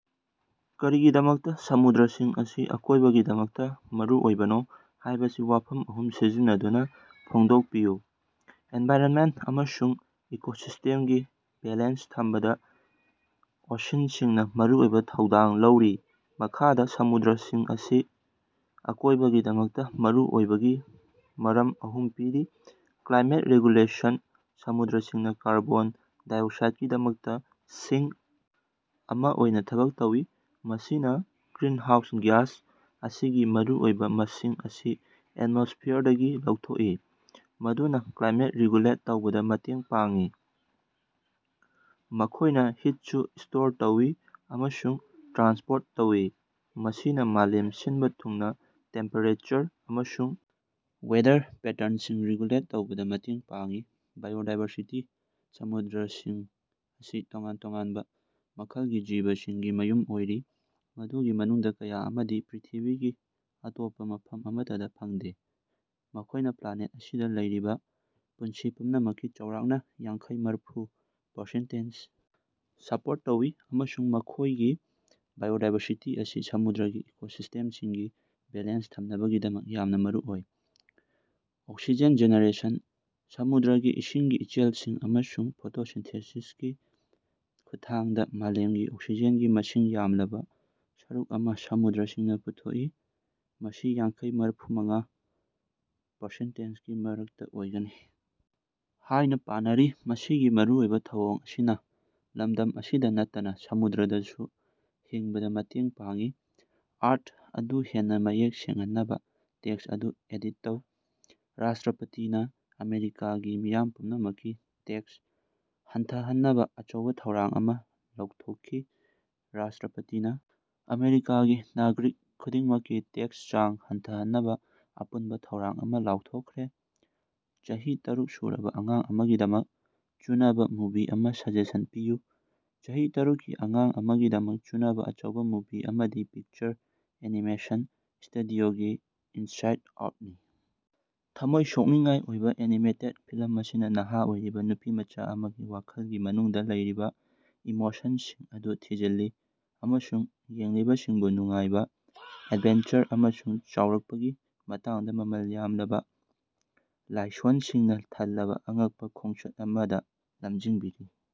ꯀꯔꯤꯒꯤꯗꯃꯛꯇꯥ ꯁꯃꯨꯗ꯭ꯔꯁꯤꯡ ꯑꯁꯤ ꯑꯀꯣꯏꯕꯒꯤꯗꯃꯛꯇꯥ ꯃꯔꯨꯑꯣꯏꯕꯅꯣ ꯍꯥꯏꯕꯁꯤ ꯋꯥꯐꯝ ꯑꯍꯨꯝ ꯁꯤꯖꯤꯟꯅꯗꯨꯅꯥ ꯐꯣꯡꯗꯣꯛꯄꯤꯌꯨ꯫ ꯑꯦꯟꯚꯥꯏꯔꯟꯃꯦꯟ ꯑꯃꯁꯨꯡ ꯏꯀꯣꯁꯤꯁꯇꯦꯝꯒꯤ ꯕꯦꯂꯦꯟꯁ ꯊꯝꯕꯗꯥ ꯑꯣꯁꯤꯟꯁꯤꯡꯅꯥ ꯃꯔꯨꯑꯣꯏꯕ ꯊꯧꯗꯥꯡ ꯂꯧꯔꯤ꯫ ꯃꯈꯥꯗ ꯁꯃꯨꯗ꯭ꯔꯁꯤꯡ ꯑꯁꯤ ꯑꯀꯣꯏꯕꯒꯤꯗꯃꯛꯇꯥ ꯃꯔꯨꯑꯣꯏꯕꯒꯤ ꯃꯔꯝ ꯑꯍꯨꯝ ꯄꯤꯔꯤ: ꯀ꯭ꯂꯥꯏꯃꯦꯠ ꯔꯦꯒꯨꯂꯦꯁꯟ: ꯁꯃꯨꯗ꯭ꯔꯁꯤꯡꯅꯥ ꯀꯥꯔꯕꯣꯟ ꯗꯥꯏꯑꯣꯛꯁꯥꯏꯠꯀꯤꯗꯃꯛꯇꯥ "ꯁꯤꯉ꯭ꯛ" ꯑꯃ ꯑꯣꯏꯅ ꯊꯕꯛ ꯇꯧꯏ, ꯃꯁꯤꯅ ꯒ꯭ꯔꯤꯟ ꯍꯥꯎꯁ ꯒ꯭ꯌꯥꯁ ꯑꯁꯤꯒꯤ ꯃꯔꯨꯑꯣꯏꯕ ꯃꯁꯤꯡ ꯑꯁꯤ ꯑꯦꯠꯃꯣꯁꯐꯤꯌꯔꯗꯒꯤ ꯂꯧꯊꯣꯛꯏ, ꯃꯗꯨꯅ ꯀ꯭ꯂꯥꯏꯃꯦꯠ ꯔꯤꯒꯨꯂꯦꯠ ꯇꯧꯕꯗ ꯃꯇꯦꯡ ꯄꯥꯡꯏ꯫ ꯃꯈꯣꯏꯅ ꯍꯤꯠꯁꯨ ꯁ꯭ꯇꯣꯔ ꯇꯧꯏ ꯑꯃꯁꯨꯡ ꯇ꯭ꯔꯥꯟꯁꯄꯣꯔꯠ ꯇꯧꯏ, ꯃꯁꯤꯅ ꯃꯥꯂꯦꯝ ꯁꯤꯟꯕ ꯊꯨꯡꯅꯥ ꯇꯦꯝꯄꯦꯔꯦꯆꯔ ꯑꯃꯁꯨꯡ ꯋꯦꯗꯔ ꯄꯦꯇꯔꯟꯁꯤꯡ ꯔꯤꯒꯨꯂꯦꯠ ꯇꯧꯕꯗ ꯃꯇꯦꯡ ꯄꯥꯡꯏ꯫ ꯕꯥꯏꯑꯣꯗꯥꯏꯕꯔꯁꯤꯇꯤ: ꯁꯃꯨꯗ꯭ꯔꯁꯤꯡ ꯑꯁꯤ ꯇꯣꯉꯥꯟ ꯇꯣꯉꯥꯟꯕ ꯃꯈꯜꯒꯤ ꯖꯤꯕꯁꯤꯡꯒꯤ ꯃꯌꯨꯝ ꯑꯣꯏꯔꯤ, ꯃꯗꯨꯒꯤ ꯃꯅꯨꯡꯗꯥ ꯀꯌꯥ ꯑꯃꯗꯤ ꯄ꯭ꯔ꯭ꯤꯊꯤꯕꯤꯒꯤ ꯑꯇꯣꯞꯄ ꯃꯐꯝ ꯑꯃꯠꯇꯗꯥ ꯐꯪꯗꯦ꯫ ꯃꯈꯣꯏꯅ ꯄ꯭ꯂꯥꯟꯅꯦꯠ ꯑꯁꯤꯗ ꯂꯩꯔꯤꯕ ꯄꯨꯟꯁꯤ ꯄꯨꯝꯅꯃꯛꯀꯤ ꯆꯥꯎꯔꯛꯅ ꯌꯥꯡꯈꯩ-ꯃꯔꯐꯨ ꯄꯥꯔꯁꯦꯟꯇꯦꯟꯁ ꯁ꯭ꯄꯣꯔꯠ ꯇꯧꯏ, ꯑꯃꯁꯨꯡ ꯃꯈꯣꯏꯒꯤ ꯕꯥꯏꯑꯣꯗꯥꯏꯕꯔꯁꯤꯇꯤ ꯑꯁꯤ ꯁꯃꯨꯗ꯭ꯔꯒꯤ ꯏꯀꯣꯁꯤꯁ꯭ꯇꯦꯝꯁꯤꯡꯒꯤ ꯕꯦꯂꯦꯟꯁ ꯊꯝꯅꯕꯒꯤꯗꯃꯛ ꯌꯥꯝꯅ ꯃꯔꯨꯑꯣꯏ꯫ ꯑꯣꯛꯁꯤꯖꯦꯟ ꯖꯦꯅꯦꯔꯦꯁꯟ: ꯁꯃꯨꯗ꯭ꯔꯒꯤ ꯏꯁꯤꯡꯒꯤ ꯏꯆꯦꯜꯁꯤꯡ ꯑꯃꯁꯨꯡ ꯐꯣꯇꯣꯁꯤꯟꯊꯦꯁꯤꯁꯀꯤ ꯈꯨꯠꯊꯥꯡꯗ ꯃꯥꯂꯦꯝꯒꯤ ꯑꯣꯛꯁꯤꯖꯦꯟꯒꯤ ꯃꯁꯤꯡ ꯌꯥꯝꯂꯕ ꯁꯔꯨꯛ ꯑꯃ ꯁꯃꯨꯗ꯭ꯔꯁꯤꯡꯅꯥ ꯄꯨꯊꯣꯛꯏ, ꯃꯁꯤ ꯌꯥꯡꯈꯩ-ꯃꯔꯐꯨꯃꯉꯥ ꯄꯔꯁꯦꯟꯇꯦꯟꯁꯒꯤ ꯃꯔꯛꯇꯥ ꯑꯣꯏꯒꯅꯤ ꯍꯥꯏꯅ ꯄꯥꯅꯔꯤ꯫ ꯃꯁꯤꯒꯤ ꯃꯔꯨꯑꯣꯏꯕ ꯊꯧꯑꯣꯡ ꯑꯁꯤꯅ ꯂꯝꯗꯝ ꯑꯁꯤꯗ ꯅꯠꯇꯅ ꯁꯃꯨꯗ꯭ꯔꯗꯁꯨ ꯍꯤꯡꯕꯗꯥ ꯃꯇꯦꯡ ꯄꯥꯡꯏ꯫ ꯑꯔꯊ ꯑꯗꯨ ꯍꯦꯟꯅꯥ ꯃꯌꯦꯛ ꯁꯦꯡꯍꯟꯅꯕꯥ ꯇꯦꯛꯁ ꯑꯗꯨ ꯑꯦꯗꯤꯠ ꯇꯧ꯫ ꯔꯥꯁꯇ꯭ꯔꯥꯄꯇꯤꯅꯥ ꯑꯃꯦꯔꯤꯀꯥꯒꯤ ꯃꯤꯌꯥꯝ ꯄꯨꯝꯅꯃꯛꯀꯤ ꯇꯦꯛꯁ ꯍꯟꯊꯍꯟꯅꯕꯥ ꯑꯆꯧꯕꯥ ꯊꯧꯔꯥꯡ ꯑꯃ ꯂꯥꯎꯊꯣꯛꯈꯤ꯫ ꯔꯥꯁꯇ꯭ꯔꯥꯄꯇꯤꯅꯥ ꯑꯃꯦꯔꯤꯀꯥꯒꯤ ꯅꯥꯒ꯭ꯔꯤꯛ ꯈꯨꯗꯤꯡꯃꯛꯀꯤ ꯇꯦꯛꯁꯀꯤ ꯆꯥꯡ ꯍꯟꯊꯍꯟꯅꯕꯥ ꯑꯄꯨꯟꯕꯥ ꯊꯧꯔꯥꯡ ꯑꯃ ꯂꯥꯎꯊꯣꯛꯈ꯭ꯔꯦ꯫ ꯆꯍꯤ ꯇꯔꯨꯛ ꯁꯨꯔꯕꯥ ꯑꯉꯥꯡ ꯑꯃꯒꯤꯗꯃꯛ ꯆꯨꯅꯕꯥ ꯃꯨꯚꯤ ꯑꯃ ꯁꯖꯦꯁꯟ ꯄꯤꯌꯨ꯫ ꯆꯍꯤ ꯇꯔꯨꯛꯀꯤ ꯑꯉꯥꯡ ꯑꯃꯒꯤꯗꯃꯛ ꯆꯨꯅꯕꯥ ꯑꯆꯧꯕ ꯃꯨꯚꯤ ꯑꯃꯗꯤ ꯄꯤꯛꯆꯔ ꯑꯦꯅꯤꯃꯦꯁꯟ ꯁ꯭ꯇꯨꯗꯤꯑꯣꯒꯤ "ꯏꯟꯁꯥꯏꯠ ꯑꯥꯎꯠ"ꯅꯤ꯫ ꯊꯃꯣꯏ ꯁꯣꯛꯅꯤꯡꯉꯥꯏ ꯑꯣꯏꯕ ꯑꯦꯅꯤꯃꯦꯇꯦꯠ ꯐꯤꯂꯝ ꯑꯁꯤꯅ ꯅꯍꯥ ꯑꯣꯏꯔꯤꯕ ꯅꯨꯄꯤꯃꯆꯥ ꯑꯃꯒꯤ ꯋꯥꯈꯜꯒꯤ ꯃꯅꯨꯡꯗ ꯂꯩꯔꯤꯕ ꯏꯃꯣꯁꯟꯁꯤꯡ ꯑꯗꯨ ꯊꯤꯖꯤꯜꯂꯤ ꯑꯃꯁꯨꯡ ꯌꯦꯡꯂꯤꯕꯁꯤꯡꯕꯨ ꯅꯨꯡꯉꯥꯏꯕ, ꯑꯦꯗꯚꯦꯟꯆꯔ ꯑꯃꯁꯨꯡ ꯆꯥꯎꯔꯛꯄꯒꯤ ꯃꯇꯥꯡꯗ ꯃꯃꯜ ꯌꯥꯝꯂꯕ ꯂꯥꯏꯁꯣꯟꯁꯤꯡꯅ ꯊꯜꯂꯕ ꯑꯉꯛꯄꯥ ꯈꯣꯡꯆꯠ ꯑꯃꯗ ꯂꯝꯖꯤꯡꯕꯤꯔꯤ꯫